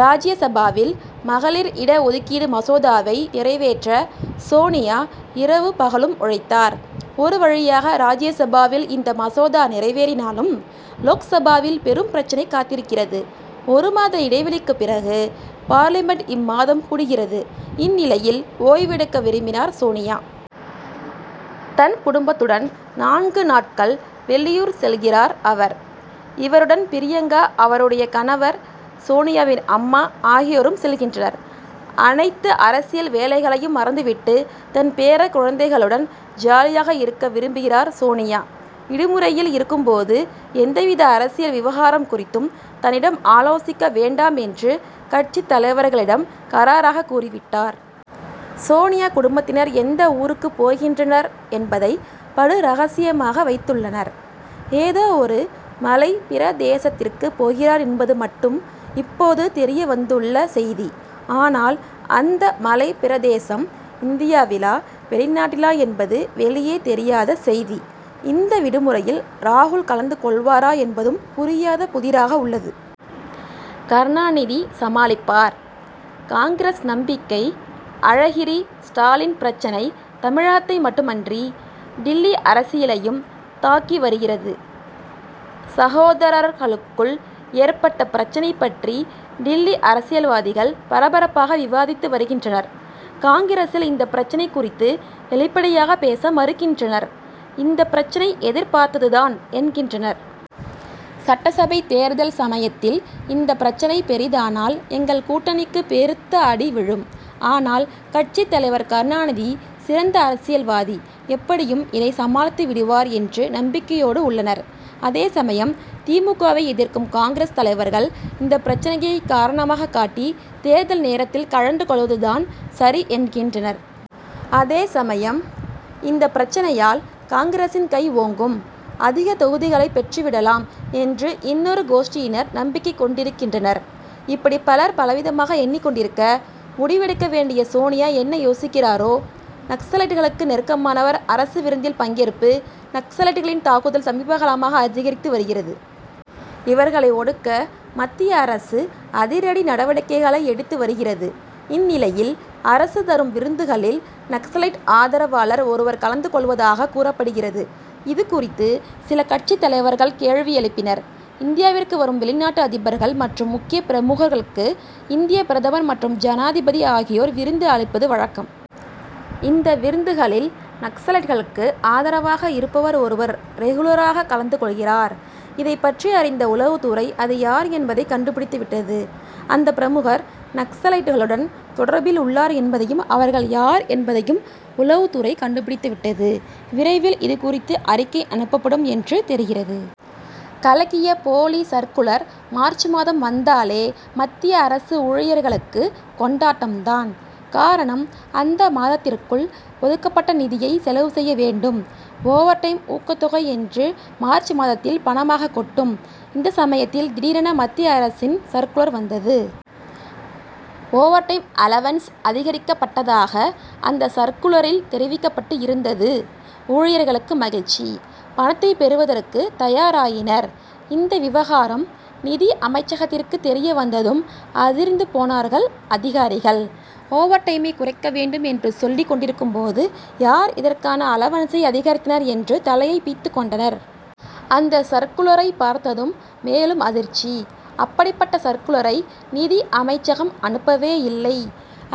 ராஜ்ய சபாவில் மகளிர் இட ஒதுக்கீடு மசோதாவை நிறைவேற்ற சோனியா இரவு பகலும் உழைத்தார். ஒரு வழியாக ராஜ்யசபாவில் இந்த மசோதா நிறைவேறினாலும், லோக்சபாவில் பெரும் பிரச்னை காத்திருக்கிறது. ஒரு மாத இடைவெளிக்குப் பிறகு, பார்லிமென்ட் இம்மாதம் கூடுகிறது. இந்நிலையில், ஓய்வு எடுக்க விரும்பினார் சோனியா. தன் குடும்பத்துடன் நான்கு நாள் வெளியூர் செல்கிறார் அவர். இவருடன் பிரியங்கா, அவருடைய கணவர், சோனியாவின் அம்மா ஆகியோரும் செல்கின்றனர். அனைத்து அரசியல் வேலைகளையும் மறந்துவிட்டு தன் பேரக் குழந்தைகளுடன் ஜாலியாக இருக்க விரும்புகிறார் சோனியா. விடுமுறையில் இருக்கும் போது எந்தவித அரசியல் விவகாரம் குறித்தும் தன்னிடம் ஆலோசிக்க வேண்டாம் என்று கட்சித் தலைவர்களிடம் கறாராகக் கூறிவிட்டார். சோனியா குடும்பத்தினர் எந்த ஊருக்குப் போகின்றனர் என்பதை படு ரகசியமாக வைத்துள்ளனர். ஏதோ ஒரு மலைப் பிரதேசத்திற்குப் போகிறார் என்பது மட்டும் இப்போது தெரியவந்துள்ள செய்தி. ஆனால், அந்த மலைப் பிரதேசம் இந்தியாவிலா? வெளிநாட்டிலா என்பது வெளியே தெரியாத செய்தி. இந்த விடுமுறையில் ராகுல் கலந்து கொள்வாரா என்பதும் புரியாத புதிராக உள்ளது. கருணாநிதி சமாளிப்பார்; காங்கிரஸ் நம்பிக்கை அழகிரி ஸ்டாலின் பிரச்னை தமிழகத்தை மட்டுமின்றி டில்லி அரசியலையும் தாக்கி வருகிறது. சகோதரர்களுக்குள் ஏற்பட்ட பிரச்னை பற்றி டில்லி அரசியல்வாதிகள் பரபரப்பாக விவாதித்து வருகின்றனர். காங்கிரசில் இந்த பிரச்னை குறித்து வெளிப்படையாக பேச மறுக்கின்றனர். இந்த பிரச்னை எதிர்பார்த்ததுதான் என்கின்றனர். சட்டசபை தேர்தல் சமயத்தில், இந்த பிரச்னை பெரிதானால், எங்கள் கூட்டணிக்கு பெருத்த அடி விழும். ஆனால், கட்சித் தலைவர் கருணாநிதி சிறந்த அரசியல்வாதி, எப்படியும் இதை சமாளித்து விடுவார்' என்று நம்பிக்கையோடு உள்ளனர். அதே சமயம் தி. மு. க.,வை எதிர்க்கும் காங்கிரஸ் தலைவர்கள், இந்த பிரச்னையை காரணமாகக் காட்டி, தேர்தல் நேரத்தில் கழண்டு கொள்வதுதான் சரி என்கின்றனர். அதே சமயம் இந்த பிரச்னையால் காங்கிரசின் கை ஓங்கும், அதிக தொகுதிகளை பெற்றுவிடலாம் என்று இன்னொரு கோஷ்டியினர் நம்பிக்கொண்டிருக்கின்றனர். இப்படி பலர் பலவிதமாக எண்ணிக் கொண்டிருக்க, முடிவு எடுக்க வேண்டிய சோனியா என்ன யோசிக்கிறாரோ? நக்சலைட்களுக்கு நெருக்கமானவர் அரசு விருந்தில் பங்கேற்பு? நக்சலைட்களின் தாக்குதல் சமீபகாலமாக அதிகரித்து வருகிறது. இவர்களை ஒடுக்க, மத்திய அரசு அதிரடி நடவடிக்கைகளை எடுத்து வருகிறது. இந்நிலையில், அரசு தரும் விருந்துகளில் நக்சலைட் ஆதரவாளர் ஒருவர் கலந்து கொள்வதாகக் கூறப்படுகிறது. இது குறித்து, சில கட்சித் தலைவர்கள் கேள்வி எழுப்பினர். இந்தியாவிற்கு வரும் வெளிநாட்டு அதிபர்கள் மற்றும் முக்கிய பிரமுகர்களுக்கு இந்திய பிரதமர் மற்றும் ஜனாதிபதி ஆகியோர் விருந்து அளிப்பது வழக்கம். இந்த விருந்துகளில் நக்சலைட்களுக்கு ஆதரவாக இருப்பவர் ஒருவர் ரெகுலராகக் கலந்து கொள்கிறார். இதைப் பற்றி அறிந்த உளவுத் துறை அது யார் என்பதை கண்டுபிடித்துவிட்டது. அந்த பிரமுகர், நக்சலைட்களுடன் தொடர்பில் உள்ளார் என்பதையும் அவர்கள் யார் என்பதையும் உளவுத் துறை கண்டுபிடித்துவிட்டது. விரைவில் இதுகுறித்து, அறிக்கை அனுப்பப்படும் என்று தெரிகிறது. கலக்கிய போலி சர்க்குலர் மார்ச் மாதம் வந்தாலே மத்திய அரசு ஊழியர்களுக்கு கொண்டாட்டம்தான். காரணம், அந்த மாதத்திற்குள் ஒதுக்கப் பட்ட நிதியை செலவு செய்ய வேண்டும். ஓவர் டைம், ஊக்கத் தொகை என்று மார்ச் மாதத்தில் பணமாகக் கொட்டும். இந்த சமயத்தில் திடீரென மத்திய அரசின் சர்க்குலர் வந்தது. ஓவர் டைம் அலவன்ஸ் அதிகரிக்கப்பட்டதாக அந்த சர்க்குலரில் தெரிவிக்கப்பட்டிருந்தது. ஊழியர்களுக்கு மகிழ்ச்சி. பணத்தை பெறுவதற்கு தயாராயினர். இந்த விவகாரம், நிதி அமைச்சகத்திற்கு தெரிய வந்ததும் அதிர்ந்து போனார்கள் அதிகாரிகள். ஓவர் டைமை குறைக்க வேண்டும் என்று சொல்லிக் கொண்டிருக்கும் போது யார் இதற்கான அலவன்சை அதிகரித்தனர் என்று தலையைப் பிய்த்துக் கொண்டனர். அந்த சர்க்குலரைப் பார்த்ததும் மேலும் அதிர்ச்சி. அப்படிப்பட்ட சர்க்குலரை நிதி அமைச்சகம் அனுப்பவேயில்லை!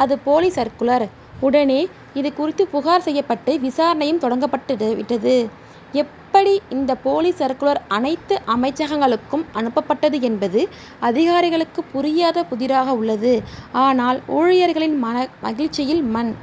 அது போலி சர்க்குலர். உடனே, இது குறித்து புகார் செய்யப்பட்டு விசாரணையும் தொடங்கப்பட்டு ட்டது. எப்படி இந்த போலி சர்க்குலர் அனைத்து அமைச்சகங்களுக்கும் அனுப்பப்பட்டது என்பது அதிகாரிகளுக்குப் புரியாத புதிராக உள்ளது. ஆனால், ஊழியர்களின் மகிழ்ச்சியில் மண்.